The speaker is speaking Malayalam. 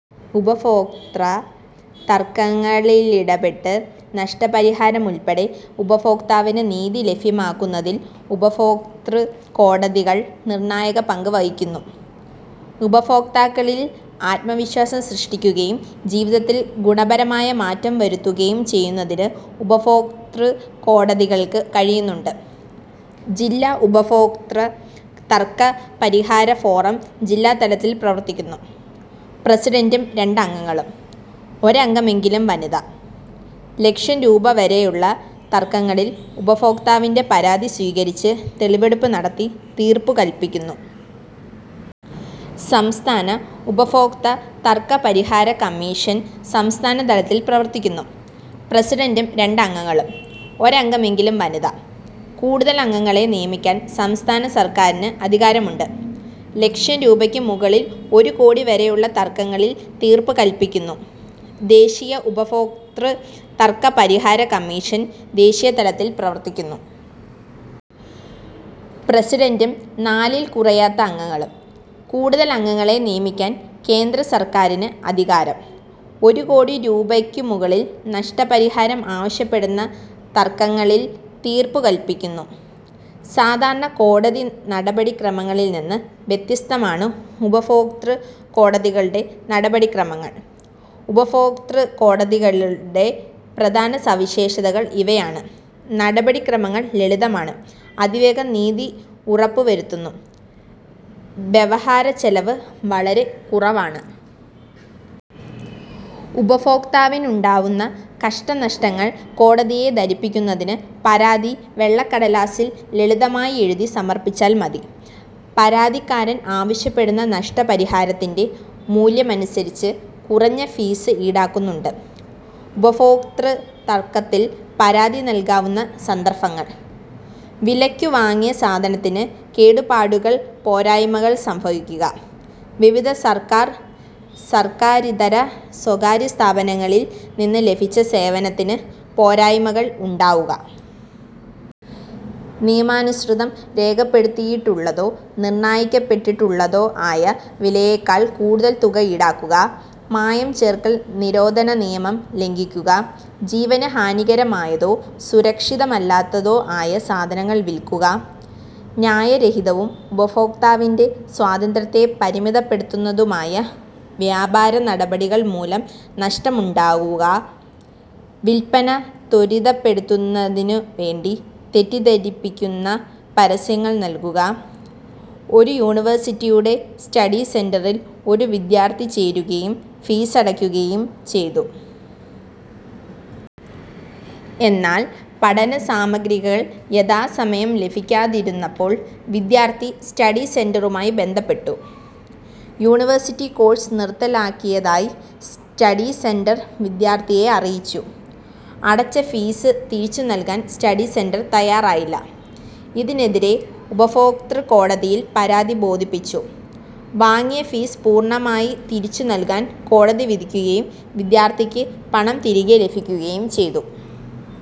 ഉപഭോക്തൃ തർക്കങ്ങളിലിടപെട്ട് നഷ്ടപരിഹാരമുൾപ്പെടെ ഉപഭോക്താവിന് നീതി ലഭ്യമാക്കുന്നതിൽ ഉപഭോക്തൃകോടതികൾ നിർണായക പങ്ക് വഹിക്കുന്നു. ഉപഭോക്താക്കളിൽ ആത്മവിശ്വാസം സൃഷ്ടിക്കുകയും ജീവിതത്തിൽ ഗുണപരമായ മാറ്റം വരുത്തുകയും ചെയ്യുന്നതിന് ഉപഭോക്തൃകോടതികൾക്ക് കഴിയുന്നുണ്ട്. ജില്ലാ ഉപഭോക്തൃ തർക്ക പരിഹാര ഫോറം ജില്ലാതലത്തിൽ പ്രവർത്തിക്കുന്നു. പ്രസിഡന്റും രണ്ട് അംഗങ്ങളും. ഒരംഗമെങ്കിലും വനിത. ലക്ഷം രൂപ വരെയുള്ള തർക്കങ്ങളിൽ ഉപഭോക്താവിന്റെ പരാതി സ്വീകരിച്ച് തെളിവെടുപ്പ് നടത്തി തീർപ്പുകൽപ്പിക്കുന്നു. സംസ്ഥാന ഉപഭോക്ത തർക്കപരിഹാര കമ്മീഷൻ- സംസ്ഥാനതലത്തിൽ പ്രവർത്തിക്കുന്നു. പ്രസിഡന്റും രണ്ട് അംഗങ്ങളും. ഒരംഗമെങ്കിലും വനിത. കൂടുതൽ അംഗങ്ങളെ നിയമിക്കാൻ സംസ്ഥാന സർക്കാരിന് അധികാരമുണ്ട്. ലക്ഷം രൂപയ്ക്ക് മുകളിൽ ഒരു കോടി വരെയുള്ള തർക്കങ്ങളിൽ തീർപ്പ് കൽപ്പിക്കുന്നു. ദേശീയ ഉപഭോക്തൃ തർക്ക പരിഹാര കമ്മീഷൻ- ദേശീയതലത്തിൽ പ്രവർത്തിക്കുന്നു. പ്രസിഡന്റും നാലിൽ കുറയാത്ത അംഗങ്ങളും. കൂടുതൽ അംഗങ്ങളെ നിയമിക്കാൻ കേന്ദ്രസർക്കാരിന് അധികാരം. ഒരു കോടി രൂപയ്ക്കുമുകളിൽ നഷ്ടപരിഹാരം ആവശ്യപ്പെടുന്ന തർക്കങ്ങളിൽ തീർപ്പു കൽപ്പിക്കുന്നു. സാധാരണ കോടതി നടപടിക്രമങ്ങളിൽനിന്ന് വ്യത്യസ്തമാണ് ഉപഭോക്തൃകോടതികളുടെ നടപടിക്രമങ്ങൾ. ഉപഭോക്തൃകോടതികളുടെ പ്രധാന സവിശേഷതകൾ ഇവയാണ്: നടപടിക്രമങ്ങൾ ലളിതമാണ്. അതിവേഗം നീതി ഉറപ്പുവരുത്തുന്നു. വ്യവഹാരച്ചെലവ് വളരെ കുറവാണ്. ഉപഭോക്താവിനുണ്ടാവുന്ന കഷ്ടനഷ്ടങ്ങൾ കോടതിയെ ധരിപ്പിക്കുന്നതിന് പരാതി വെള്ളക്കടലാസിൽ ലളിതമായി എഴുതി സമർപ്പിച്ചാൽ മതി. പരാതിക്കാരൻ ആവശ്യപ്പെടുന്ന നഷ്ടപരിഹാരത്തിന്റെ മൂല്യമനുസരിച്ച് കുറഞ്ഞ ഫീസ് ഈടാക്കുന്നുണ്ട്. ഉപഭോക്തൃതർക്കത്തിൽ പരാതി നൽകാവുന്ന സന്ദർഭങ്ങൾ: വിലയ്ക്കു വാങ്ങിയ സാധനത്തിന് കേടുപാടുകൾ പോരായ്മകൾ സംഭവിക്കുക. വിവിധ സർക്കാർ സർക്കാരിതര/സ്വകാര്യസ്ഥാപനങ്ങളിൽ നിന്ന് ലഭിച്ച സേവനത്തിന് പോരായ്മകൾ ഉണ്ടാവുക. നിയമാനുസൃതം രേഖപ്പെടുത്തിയിട്ടുള്ളതോ നിർണയിക്കപ്പെട്ടിട്ടുള്ളതോ ആയ വിലയേക്കാൾ കൂടുതൽ തുക ഈടാക്കുക. മായം ചേർക്കൽ നിരോധനനിയമം ലംഘിക്കുക. ജീവന് ഹാനികരമായതോ സുരക്ഷിതമല്ലാത്തതോ ആയ സാധനങ്ങൾ വിൽക്കുക. ന്യായരഹിതവും ഉപഭോക്താവിന്റെ സ്വാതന്ത്ര്യത്തെ പരിമിതപ്പെടുത്തുന്നതുമായ വ്യാപാര നടപടികൾ മൂലം നഷ്ടമുണ്ടാവുക. വിൽപ്പന ത്വരിതപ്പെടുന്നതിനു വേണ്ടി തെറ്റിദ്ധരിപ്പിക്കുന്ന പരസ്യങ്ങൾ നൽകുക. ഒരു യൂണിവേഴ്സിറ്റിയുടെ സ്റ്റഡി സെന്ററിൽ ഒരു വിദ്യാർഥി ചേരുകയും ഫീസടയ്ക്കുകയും ചെയ്തു. എന്നാൽ പഠനസാമഗ്രികൾ യഥാസമയം ലഭിക്കാതിരുന്നപ്പോൾ വിദ്യാർഥി സ്റ്റഡി സെന്ററുമായി ബന്ധപ്പെട്ടു. യൂണി വേഴ്സിറ്റി കോഴ്സ് നിർത്തലാക്കിയതായി സ്റ്റഡിസെന്റർ വിദ്യാർഥിയെ അറിയിച്ചു. അടച്ച ഫീസ് തിരിച്ചു നൽകാൻ സ്റ്റഡിസെന്റർ തയാറായില്ല. ഇതിനെതിരെ ഉപഭോക്തൃകോടതിയിൽ പരാതി ബോധിപ്പിച്ചു. വാങ്ങിയ ഫീസ് പൂർണമായി തിരിച്ചുനൽകാൻ കോടതി വിധിക്കുകയും വിദ്യാർഥിക്ക് പണം തിരികെ ലഭിക്കുകയും ചെയ്തു.